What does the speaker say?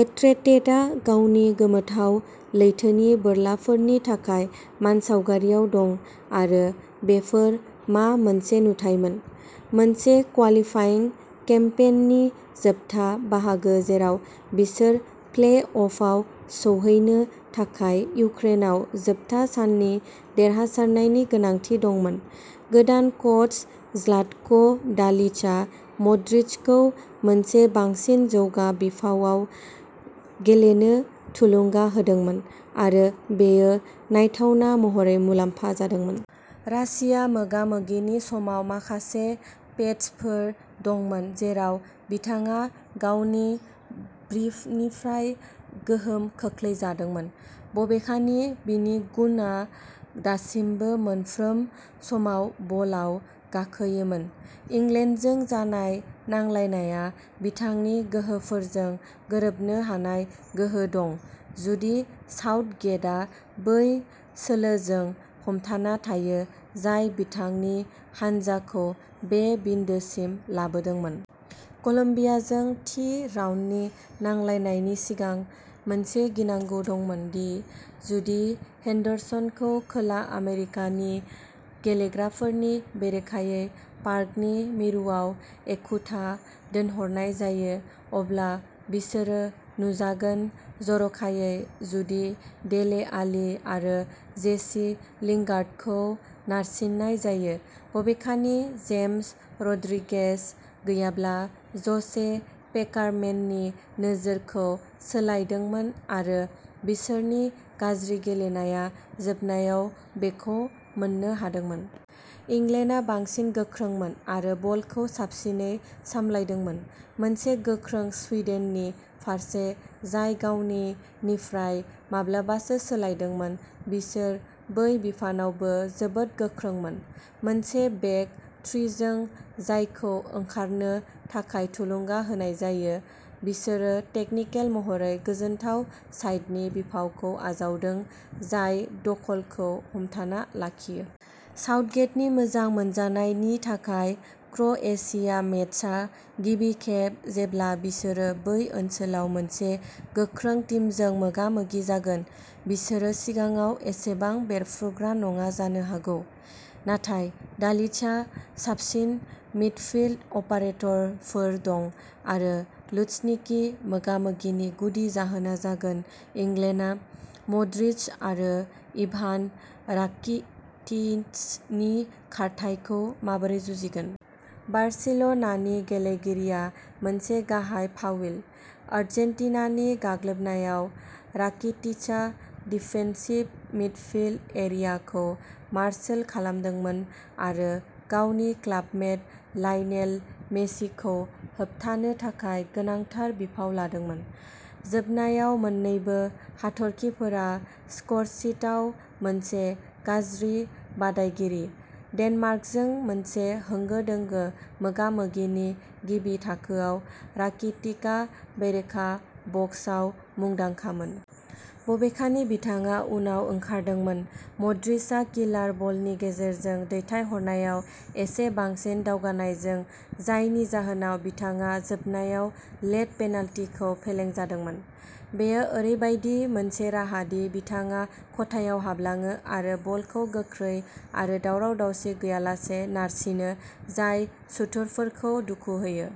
एट्रेटेटआ गावनि गोमोथाव लैथोनि बोरलाफोरनि थाखाय मानसावगारियाव दं, आरो बेफोर मा मोनसे नुथायमोन! मोनसे क्वालिफाइं केम्पेइननि जोबथा बाहागो जेराव बिसोर प्ले-अफआव सौहैनो थाखाय इउक्रेनाव जोबथा साननि देरहासारनायनि गोनांथि दंमोन, गोदान कच ज्लाटक'डालिचआ मद्रिचखौ मोनसे बांसिन जौगा बिफावआव गेलेनो थुलुंगा होदोंमोन आरो बेयो नायथावना महरै मुलाम्फा जादोंमोन। रासिया मोगा-मोगिनि समाव माखासे पैचफोर दंमोन जेराव बिथाङा गावनि ब्रिफनिफ्राय गोहोम खोख्लैजादोंमोन, बबेखानि बिनि गुनआ दासिमबो मोनफ्रोम समाव बलआव गाखोयोमोन। इंलेन्डजों जानाय नांलायनाया बिथांनि गोहोफोरजों गोरोबनो हानाय गोहो दं जुदि साउथगेटआ बै सोलोजों हमथाना थायो जाय बिथांनि हानजाखौ बे बिन्दोसिम लाबोदोंमोन। कलम्बियाजों थि राउन्डनि नांलायनायनि सिगां, मोनसे गिनांगौ दंमोन दि जुदि हेन्डरसनखौ खोला आमेरिकानि गेलेग्राफोरनि बेरेखायै पार्कनि मिरुआव एखुथा दोनहरनाय जायो अब्ला बिसोरो नुजागोन-जर'खायै जुदि डेले आलि आरो जेसि लिंगार्डखौ नारसिननाय जायो। बबेखानि, जेम्स रड्रिगेज गैयाब्ला ज'से पेकारमेननि नोजोरखौ सोलायदोंमोन आरो बिसोरनि गाज्रि गेलेनाया जोबनायाव बेखौ मोन्नो हादोंमोन। इंलेन्डआ बांसिन गोख्रोंमोन आरो बलखौ साबसिनै सामलायदोंमोन। मोनसे गोख्रों सुइडेननि फारसे, जाय गावनि - निफ्राय माब्लाबासो सोलायदोंमोन, बिसोर बै बिफानावबो जोबोद गोख्रोंमोन। मोनसे बेक थ्रिजों, जायखौ ओंखारनो थाखाय थुलुंगा होनाय जायो, बिसोरो टेकनिकेल महरै गोजोनथाव साइडनि बिफावखौ आजावदों, जाय दखलखौ हमथाना लाखियो। साउथगेटनि मोजां मोनजानाय नि थाखाय, क्र'येशिया मेचआ गिबि खेब, जेब्ला बिसोरो बै ओनसोलाव मोनसे गोख्रों टीमजों मोगा-मोगि जागोन। बिसोरो सिगाङाव एसेबां बेरफ्रुग्रा नङा जानो हागौ, नाथाय डालिचहा साबसिन मिडफील्ड अपारेटरफोर दं आरो लुझनिकि मोगा-मोगिनि गुदि जाहोना जागोन इंलेन्डआ मड्रिच आरो इभान राकिटिचनि खारथाइखौ माबोरै जुजिगोन। बार्सिल'नानि गेलेगिरिया मोनसे गाहाय फाविल। आर्जेन्टिनानि गाग्लोबनायाव, राकिटिचआ डिफेन्सिभ मिडफील्ड एरियाखौ मार्शोल खालामदोंमोन आरो गावनि क्लाबमेट लायनेल मेसिखौ होबथानो थाखाय गोनांथार बिफाव लादोंमोन। जोबनायाव, मोन्नैबो हाथरखिफोरा स्करशीटआव मोनसे गाज्रि बादायगिरि। डेनमार्कजों मोनसे होंगो-दोंगो मोगा-मोगिनि गिबि थाखोआव, राकिटिकआ बेरेखा बक्सआव मुंदांखामोन। बबेखानि, बिथाङा उनाव ओंखारदोंमोन, मड्रिचआ किलार बलनि गेजेरजों दैथायहरनायाव एसे बांसिन दावगानायजों, जायनि जाहोनाव बिथाङा जोबनायाव लेट पेनाल्टिखौ फेलें जादोंमोन। बेयो ओरैबायदि मोनसे राहा दि बिथाङा खथायाव हाबलाङो आरो बलखौ गोख्रै आरो दावराव-दावसि गैयालासे नारसिनो, जाय सुथुरफोरखौ दुखु होयो।